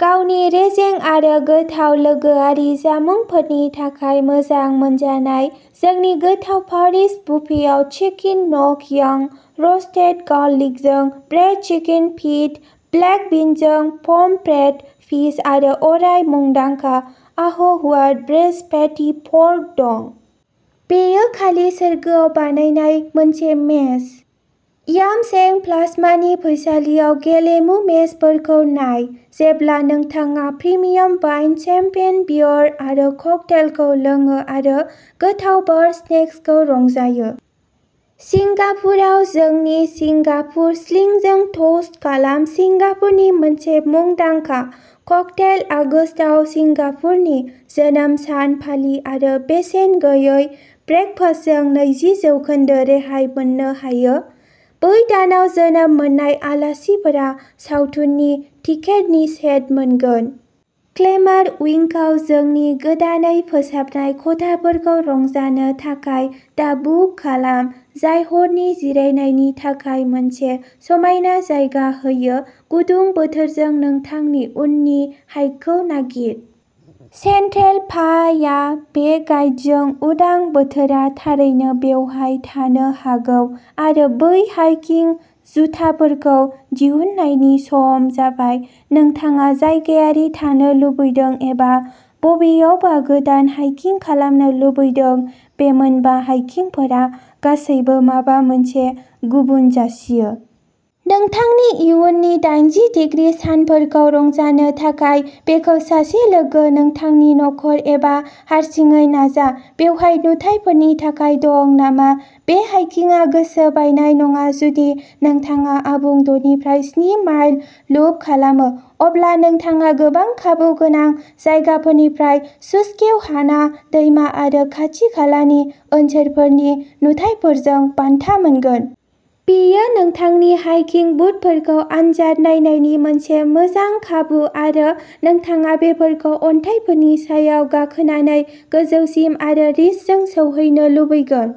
गावनि रेजें आरो गोथाव लोगोआरि जामुंफोरनि थाखाय मोजां मोनजानाय जोंनि गोथाव परिज बुफेआव चिकेन नगह हियां र'स्टेद गार्लिकजों ब्रेइज्ड चिकेन फीट ब्लेक बिनजों पमफ्रेट फिस आरो अराय मुंदांखा आह हुआत ब्रेइज्ड फेटि पर्क दं। बेयो खालि सोरगोआव बानायनाय मोनसे मेच! यम सें प्लास्मानि फैसालियाव गेलेमु मेचफोरखौ नाय जेब्ला नोंथाङा प्रिमियाम वाइन शैम्पेन बियार आरो ककटेलखौ लोङो आरो गोथाव बार स्नेक्सखौ रंजायो। सिंगापुराव जोंनि सिंगापुर स्लिंजों टोस्ट खालाम सिंगापुरनि मोनसे मुंदांखा क्कटेल आगस्तआव सिंगापुरनि जोनोम सान फालि आरो बेसेन गैयै ब्रेकफास्टजों नैजि जौखोन्दो रेहाय मोननो हायो बै दानाव जोनोम मोननाय आलासिफोरा सावथुननि टिकेटनि सेट मोनगोन। क्लेम'र उइंगआव जोंनि गोदानै फोसाबनाय खथाफोरखौ रंजानो थाखाय दा बुक खालाम जाय हरनि जिरायनायनि थाखाय मोनसे समायना जायगा होयो गुदुं बोथोरजों नोंथांनि उननि हाइकखौ नागिर! सेन्ट्रेल पा आ बे गाइडजों उदां बोथोरा थारैनो बेवहाय थानो हागौ आरो बै हाइकिं जुथाफोरखौ दिहुननायनि सम जाबाय नोंथाङा जायगायारि थानो लुबैदों एबा बबेयावबा गोदान हाइकिं खालामनो लुबैदों बे मोनबा हाइकिंफोरा गासैबो माबा मोनसे गुबुन जासियो। नोंथांनि इयुननि दाइनजि दिग्रि सानफोरखौ रंजानो थाखाय बेखौ सासे लोगो नोंथांनि नखर एबा हारसिङै नाजा बेयाव नुथायफोरनि थाखाय दं नामा बे हाइकिंआ गोसो बायनाय नङा जुदि नोंथाङा आबुं द' निफ्राय स्नि माइल लुप खालामो अब्ला नोंथाङा गोबां खाबु गोनां जायगाफोरनिफ्राय सुस्क्वेहाना दैमा आरो खाथि खालानि ओनसोलफोरनि नुथायफोरजों बान्था मोनगोन। बेयो नोंथांनि हाइकिं बुटफोरखौ आनजाद नायनायनि मोनसे मोजां खाबु आरो नोंथाङा बेफोरखौ अन्थाइफोरनि सायाव गाखोनानै गोजौसिम आरो रिजजों सौहैनो लुबैगोन।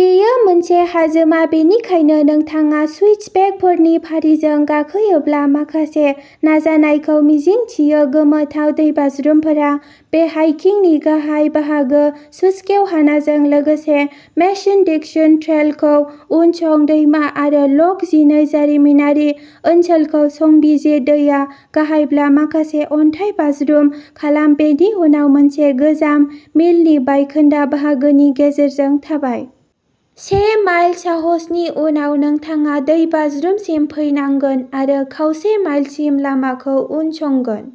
बेयो मोनसे हाजोमा बेनिखायनो नोंथाङा स्विचबेकफोरनि फारिजों गाखोयोब्ला माखासे नाजानायखौ मिजिंथियो गोमोथाव दैबाज्रुमफोरा बे हाइकिंनि गाहाय बाहागो सुस्क्वेहानाजों लोगोसे मेसन डिक्सन ट्रेलखौ उनसं दैमा आरो लक जिनै जारिमिनारि ओनसोलखौ संजिर दैया गाहायब्ला माखासे अन्थाइ बाज्रुम खालाम बेनि उनाव मोनसे गोजाम मिलनि बायखोन्दा बाहागोनि गेजेरजों थाबाय। से माइल साहसनि उनाव नोंथाङा दैबाज्रुमसिम फैनांगोन आरो खावसे माइलसिम लामाखौ उनसंगोन।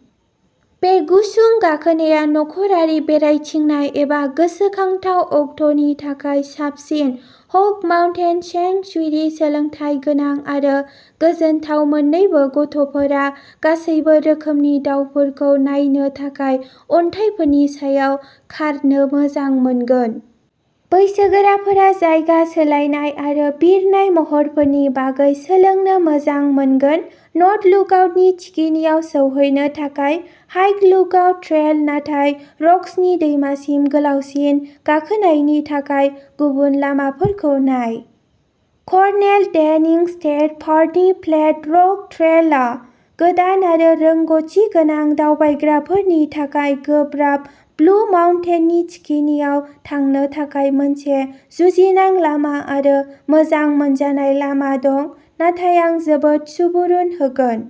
बे गुसुं गाखोनाया नखरारि बेरायथिंनाय एबा गोसोखांथाव अक्ट'नि थाखाय साबसिन हक माउन्टेन सेंक्सुयेरि सोलोंथायगोनां आरो गोजोनथाव मोननैबो गथ'फोरा गासैबो रोखोमनि दावफोरखौ नायनो थाखाय अन्थाइफोरनि सायाव खारनो मोजां मोनगोन। बैसोगोराफोरा जायगा सोलायनाय आरो बिरनाय महरफोरनि बागै सोलोंनो मोजां मोनगोन नर्थ लुकआउटनि थिखिनियाव सौहैनो थाखाय हाइक लुकआउट ट्रेल नाथाय रक्सनि दैमासिम गोलावसिन गाखोनायनि थाखाय गुबुन लामाफोरखौ नाय। कर्नेल डेनिं स्टेट पार्कनि फ्लेट रक ट्रेलआ गोदान आरो रोंग'थि गोनां दावबायग्राफोरनि थाखाय गोब्राब ब्लु माउन्टेननि थिखिनियाव थांनो थाखाय मोनसे जुजिनां लामा आरो मोजां मोनजानाय लामा दं नाथाय आं जोबोद सुबुरुन होगोन।